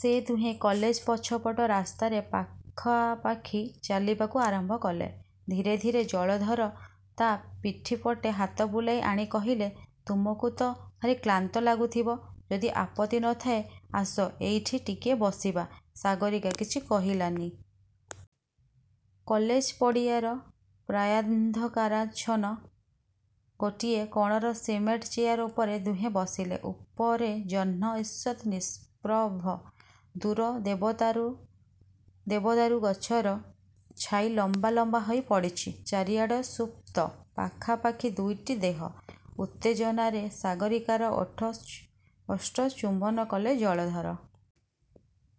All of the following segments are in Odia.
ସେ ଦୁହେଁ କଲେଜ ପଛ ପଟ ରାସ୍ତାରେ ପାଖା ପାଖି ଚାଲିବାକୁ ଆରମ୍ଭ କଲେ। ଧୀରେ ଧୀରେ ଜଳଧର ତା' ପିଠି ପଟେ ହାତ ବୁଲାଇ ଆଣି କହିଲେ-''ତୁମକୁ ତ ଭାରି କ୍ଳାନ୍ତ ଲାଗୁଥିବ-ଯଦି ଆପତ୍ତି ନଥାଏ ଆସ ଏଇଠି ଟିକିଏ ବସିବା। '' ସାଗରୀକା କିଛି କହିଲାନି। କଲେଜ ପଡ଼ିଆର ପ୍ରାୟାନ୍ଧକାରାଚ୍ଛନ୍ନ ଗୋଟିଏ କୋଣର ସିମେଣ୍ଟ ଚେୟାର ଉପରେ ଦୁହେଁ ବସିଲେ। ଉପରେ ଜହ୍ନ ଇଷତ୍ ନିଷ୍ପ୍ରଭ-ଦୂର ଦେବଦାରୁ ଗଛର ଛାଇ ଲମ୍ବା ଲମ୍ବା ହୋଇ ପଡ଼ିଛି। ଚାରିଆଡ଼ ସୁପ୍ତ। ପାଖା ପାଖି ଦୁଇଟି ଦେହ। ଉତ୍ତେଜନାରେ ସାଗରୀକାର ଓଷ୍ଠ ଚୁମ୍ବନ କଲେ ଜଳଧର।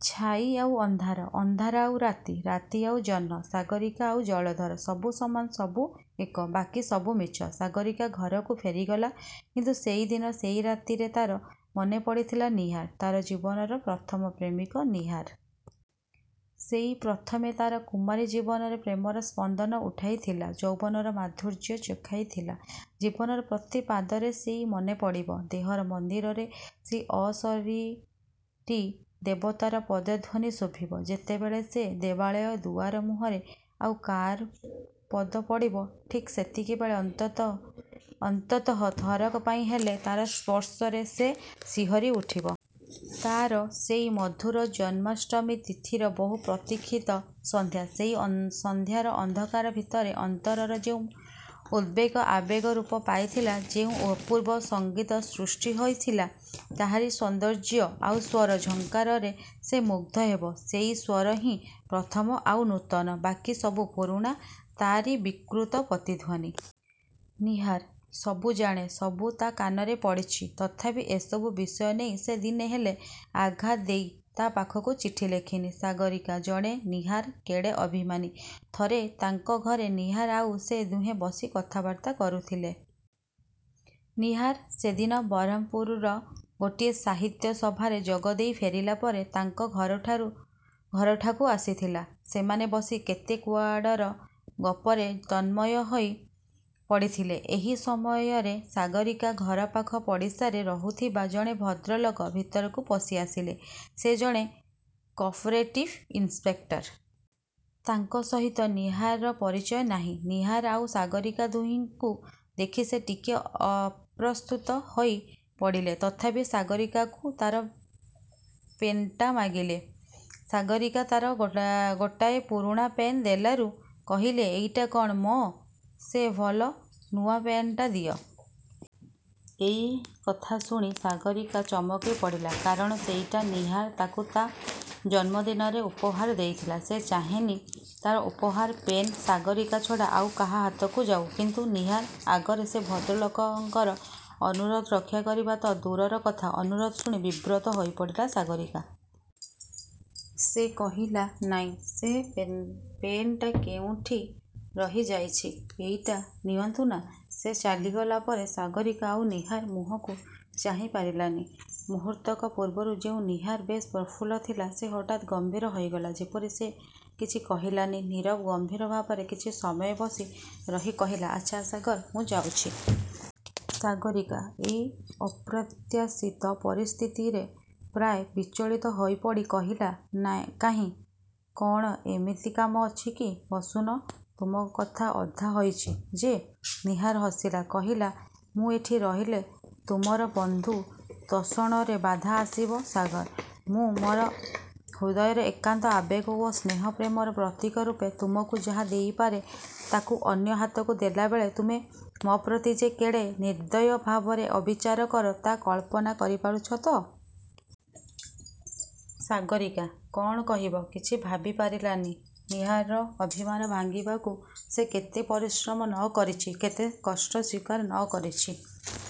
ଛାଇ ଆଉ ଅନ୍ଧାର। ଅନ୍ଧାର ଆଉ ରାତି। ରାତି ଆଉ ଜହ୍ନ। ସାଗରୀକା ଆଉ ଜଳଧର। ସବୁ ସମାନ; ସବୁ ଏକ। ବାକି ସବୁ ମିଛ। ସାଗରୀକା ଘରକୁ ଫେରିଗଲା। କିନ୍ତୁ ସେଇ ଦିନ ସେଇ ରାତିରେ ତା'ର ମନେପଡ଼ିଥିଲା ନୀହାର। ତା'ର ଜୀବନର ପ୍ରଥମ-ପ୍ରେମିକ ନୀହାର। ସେଇ ପ୍ରଥମେ ତା'ର କୁମାରୀ ଜୀବନରେ ପ୍ରେମର-ସ୍ପନ୍ଦନ ଉଠାଇ ଥିଲା-ଯୌବନର-ମାଧୁର୍ଯ୍ୟ ଚଖାଇ ଥିଲା। ଜୀବନର ପ୍ରତି ପାଦରେ ସେଇ ମନେପଡ଼ିବ। ଦେହର-ମନ୍ଦିରରେ ସେଇ ଅଶରୀରୀ ଦେବତାର ପଦଧ୍ୱନି ଶୁଭିବ। ଯେତେବେଳେ ସେ ଦେବାଳୟ ଦୁଆର ମୁହଁରେ ଆଉ କାର ପଦ ପଡ଼ିବ ଠିକ୍ ସେତିକିବେଳେ ଅନ୍ତତଃ ଥରକ ପାଇଁ ହେଲେ ତା'ର ସ୍ପର୍ଶରେ ସେ ଶିହରି ଉଠିବ। ତା'ର ସେଇ ମଧୁର ଜନ୍ମାଷ୍ଟମୀ ତିଥିର ବହୁ-ପ୍ରତୀକ୍ଷିତ ସନ୍ଧ୍ୟା। ସେଇ ସନ୍ଧ୍ୟାର ଅନ୍ଧକାର ଭିତରେ ଅନ୍ତରର ଯେଉଁ ଉଦବେଳ ଆବେଗ ରୂପ ପାଇଥିଲା; ଯେଉଁ ଅପୂର୍ବ ସଙ୍ଗୀତ ସୃଷ୍ଟି ହୋଇଥିଲା; ତାହାରି ସୌନ୍ଦର୍ଯ୍ୟ ଆଉ ସ୍ୱର ଝଙ୍କାରରେ ସେ ମୁଗ୍ଧ ହେବ। ସେଇ ସ୍ୱର ହିଁ ପ୍ରଥମ ଆଉ ନୂତନ-ବାକି ସବୁ ପୁରୁଣା-ତାରି ବିକୃତ ପ୍ରତିଧ୍ୱନି। ନୀହାର ସବୁ ଜାଣେ। ସବୁ ତା' କାନରେ ପଡ଼ିଛି। ତଥାପି ଏସବୁ ବିଷୟ ନେଇ; ସେ ଦିନେ ହେଲେ ଆଘାତ ଦେଇ, ତା' ପାଖକୁ ଚିଠି ଲେଖିନି। ସାଗରୀକା ଜାଣେ ନୀହାର କେଡ଼େ ଅଭିମାନୀ। ଥରେ ତାଙ୍କ ଘରେ ନୀହାର ଆଉ ସେ ଦୁହେଁ ବସି କଥାବାର୍ତ୍ତା କରୁଥିଲେ। ନୀହାର ସେଦିନ ବରହମପୁରର ଗୋଟିଏ ସାହିତ୍ୟ ସଭାରେ ଯୋଗଦେଇ ଫେରିଲା ପରେ ତାଙ୍କ ଘରଠାକୁ ଆସିଥିଲା। ସେମାନେ ବସି କେତେ କୁଆଡ଼ର ଗପରେ ତନ୍ମୟ ହୋଇ ପଡ଼ିଥିଲେ। ଏହି ସମୟରେ ସାଗରୀକା ଘର ପାଖ ପଡ଼ିଶାରେ ରହୁଥିବା ଜଣେ ଭଦ୍ରଲୋକ ଭିତରକୁ ପଶି ଆସିଲେ-। ସେ ଜଣେ କୋପରେଟିଭ ଇନ୍ସପେକ୍ଟର। ତାଙ୍କ ସହିତ ନୀହାରର ପରିଚୟ ନାହିଁ। ନୀହାର ଆଉ ସାଗରୀକା ଦୁହିଁଙ୍କୁ ଦେଖି ସେ ଟିକିଏ ଅପ୍ରସ୍ତୁତ ହୋଇ ପଡ଼ିଲେ ତଥାପି ସାଗରୀକାକୁ ତା'ର ପେନ୍ଟା ମାଗିଲେ। ସାଗରୀକା ତା'ର ଗୋଟାଏ ପୁରୁଣା। ପେନ୍ ଦେଲାରୁ କହିଲେ-''ଏଇଟା କ'ଣ ମ? ସେ ଭଲ ନୂଆ ପେନ୍ଟା ଦିଅ। '' ଏଇ କଥା ଶୁଣି ସାଗରୀକା ଚମକି ପଡ଼ିଲା। କାରଣ ସେଇଟା ନୀହାର ତାକୁ ତା' ଜନ୍ମଦିନରେ ଉପହାର ଦେଇଥିଲା। ସେ ଚାହେଁନି; ତା'ର ଉପହାର-ପେନ୍ ସାଗରୀକା ଛଡ଼ା ଆଉ କାହା ହାତକୁ ଯାଉ। କିନ୍ତୁ ନୀହାର ଆଗରେ ସେ ଭଦ୍ର ଲୋକଙ୍କର ଅନୁରୋଧ ରକ୍ଷା କରିବା ତ ଦୂରର କଥା; ଅନୁରୋଧ ଶୁଣି ବିବ୍ରତ ହୋଇପଡ଼ିଲା ସାଗରୀକା। ସେ କହିଲା-''ନାଇଁ-ସେ ପେନ୍ଟା କେଉଁଠି ରହି ଯାଇଛି; ଏଇଟା ନିଅନ୍ତୁନା। '' ସେ ଚାଲିଗଲା ପରେ ସାଗରୀକା ଆଉ ନୀହାର ମୁହଁକୁ ଚାହିଁପାରିଲାନି। ମୁହୂର୍ତ୍ତକ ପୂର୍ବରୁ ଯେଉଁ ନୀହାର ବେଶ୍ ପ୍ରଫୁଲ୍ଲ ଥିଲା; ସେ ହଠାତ୍ ଗମ୍ଭୀର ହୋଇଗଲା ଯେପରି। ସେ କିଛି କହିଲାନି। ନୀରବ ଗମ୍ଭୀର ଭାବରେ କିଛି ସମୟ ବସି ରହି କହିଲା-''ଆଚ୍ଛା ସାଗର-ମୁଁ ଯାଉଛି। '' ସାଗରୀକା ଏଇ ଅପ୍ରତ୍ୟାଶିତ ପରିସ୍ଥିତିରେ ପ୍ରାୟ ବିଚଳିତ ହୋଇପଡ଼ି କହିଲା-''କାହିଁ-କ'ଣ ଏମିତି କାମ ଅଛି କି? ବସୁନ-। ତୁମ କଥା ଅଧା ହୋଇଛି ଯେ। '' ନୀହାର ହସିଲା। କହିଲା-''ମୁଁ ଏଠି ରହିଲେ ତୁମର ବନ୍ଧୁ-ତୋଷଣରେ ବାଧା ଆସିବ ସାଗର। ମୁଁ ମୋର ହୃଦୟର ଏକାନ୍ତ ଆବେଗ ଓ ସ୍ନେହ ପ୍ରେମର ପ୍ରତୀକ ରୂପେ ତୁମକୁ ଯାହା ଦେଇପାରେ; ତାକୁ ଅନ୍ୟ ହାତକୁ ଦେଲାବେଳେ ତୁମେ ମୋ'ପ୍ରତି ଯେ କେଡ଼େ ନିର୍ବ୍ଦୟ ଭାବରେ ଅବିଚାର କର, ତା' କଳ୍ପନା କରିପାରୁଛ ତ? '' ସାଗରୀକା କ'ଣ କହିବ; କିଛି ଭାବିପାରିଲାନି। ନୀହାରର ଅଭିମାନ ଭାଙ୍ଗିବାକୁ ସେ କେତେ ପରିଶ୍ରମ ନ କରିଛି, କେତେ କଷ୍ଟ ସ୍ୱୀକାର ନ କରିଛି।